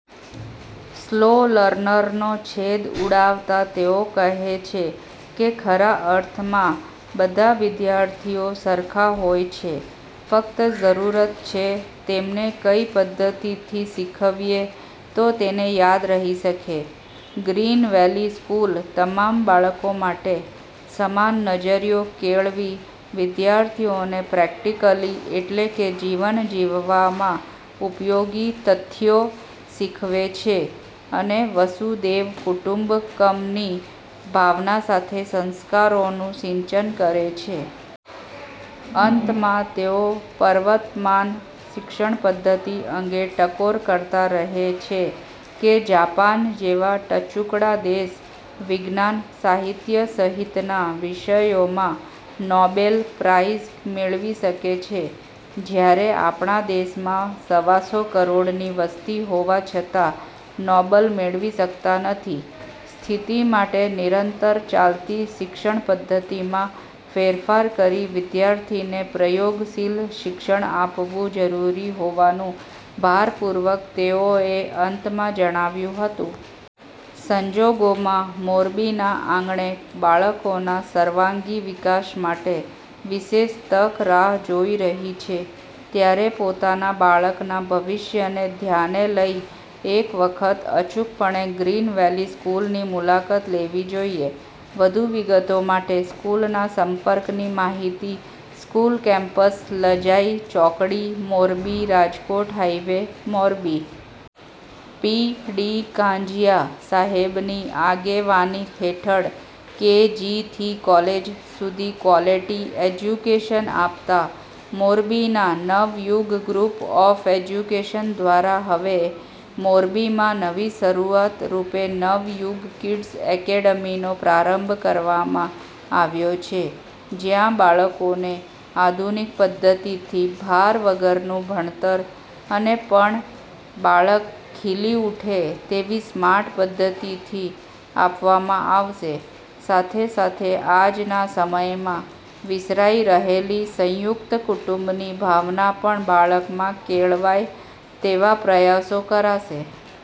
Slow લર્નરનો છેદ ઉડાવતા તેઓ કહે છે કે ખરા અર્થમાં બધાવિદ્યાર્થીઓ સરખા હોય છે ફક્ત જરૂરત છે તેમને કઈ પદ્ધતિથી શીખવીએ તો તેને યાદ રહી શકે, ગ્રીનવેલી સ્કૂલ તમામ બાળકો માટે સમાન નજરીયો કેળવી વિદ્યાર્થીઓને પ્રેક્ટિકલી એટલે કે જીવન જીવવામાં ઉપયોગી તથ્યો શીખવે છે અને વસુદૈવ કુટુંબકમની ભાવના સાથે સંસ્કારોનું સિંચન કરે છે. અંતમાં તેઓ પ્રવર્તમાન શિક્ષણ પધ્ધતિ અંગે ટકોર કરતા કહે છે કે જાપાન જેવા ટચુકડા દેશ વિજ્ઞાન સાહિત્ય સહિતના વિષયોમાં નોબેલ પ્રાઈઝ મેળવી શકે છે જ્યારે આપણા દેશમાં સવાસો કરોડની વસ્તી હોવા છતાં નોબલ મેળવી શકતા નથી, સ્થિતિ માટે નિરંતર ચાલતી શિક્ષણ પદ્ધતિમાં ફેરફાર કરી વિદ્યાર્થીને પ્રયોગશીલ શિક્ષણ આપવું જરૂરી હોવાનું ભારપૂર્વક તેઓએ અંતમાં જણાવ્યું હતું. સંજોગોમાં મોરબીના આંગણે બાળકોના સર્વાંગી વિકાસ માટે વિશેષ તક રાહ જોઈ રહી છે ત્યારે પોતાના બાળકના ભવિષ્યને ધ્યાને લઇ એક વખત અચૂકપણે ગ્રીનવેલી સ્કૂલની મુલાકાત લેવીજોઈએ વધુ વિગતો માટે સ્કૂલના સંપર્કની માહિતી. સ્કૂલ કેમ્પસ લજાઈ ચોકડી, Morbi Rajkot highway, Morbi. P. D. Kanjiya સાહેબની આગેવાની હેઠળ કે. જી. થી કોલેજ સુધી ક્વોલિટી એજ્યુકેશન આપતા મોરબીના નવયુગ ગ્રુપ ઓફ એજ્યુકેશન દ્વારા હવે મોરબીમાં નવી શરૂઆત રૂપે નવયુગ કિડ્સ એકેડમીનો પ્રારંભ કરવામાં આવ્યો છે જયાં બાળકોને આધુનિક પદ્ધતિથી ભાર વગરનું ભણતર અનેપણ બાળક ખીલી ઉઠે તેવી સ્માર્ટ પદ્ધતિથી આપવામાં આવશે, સાથેસાથે આજના સમયમાં વિસરાઈ રહેલી સયુંકત કુટુંબની ભાવના પણ બાળકમાં કેળવાય તેવા પ્રયાસો કરાશે.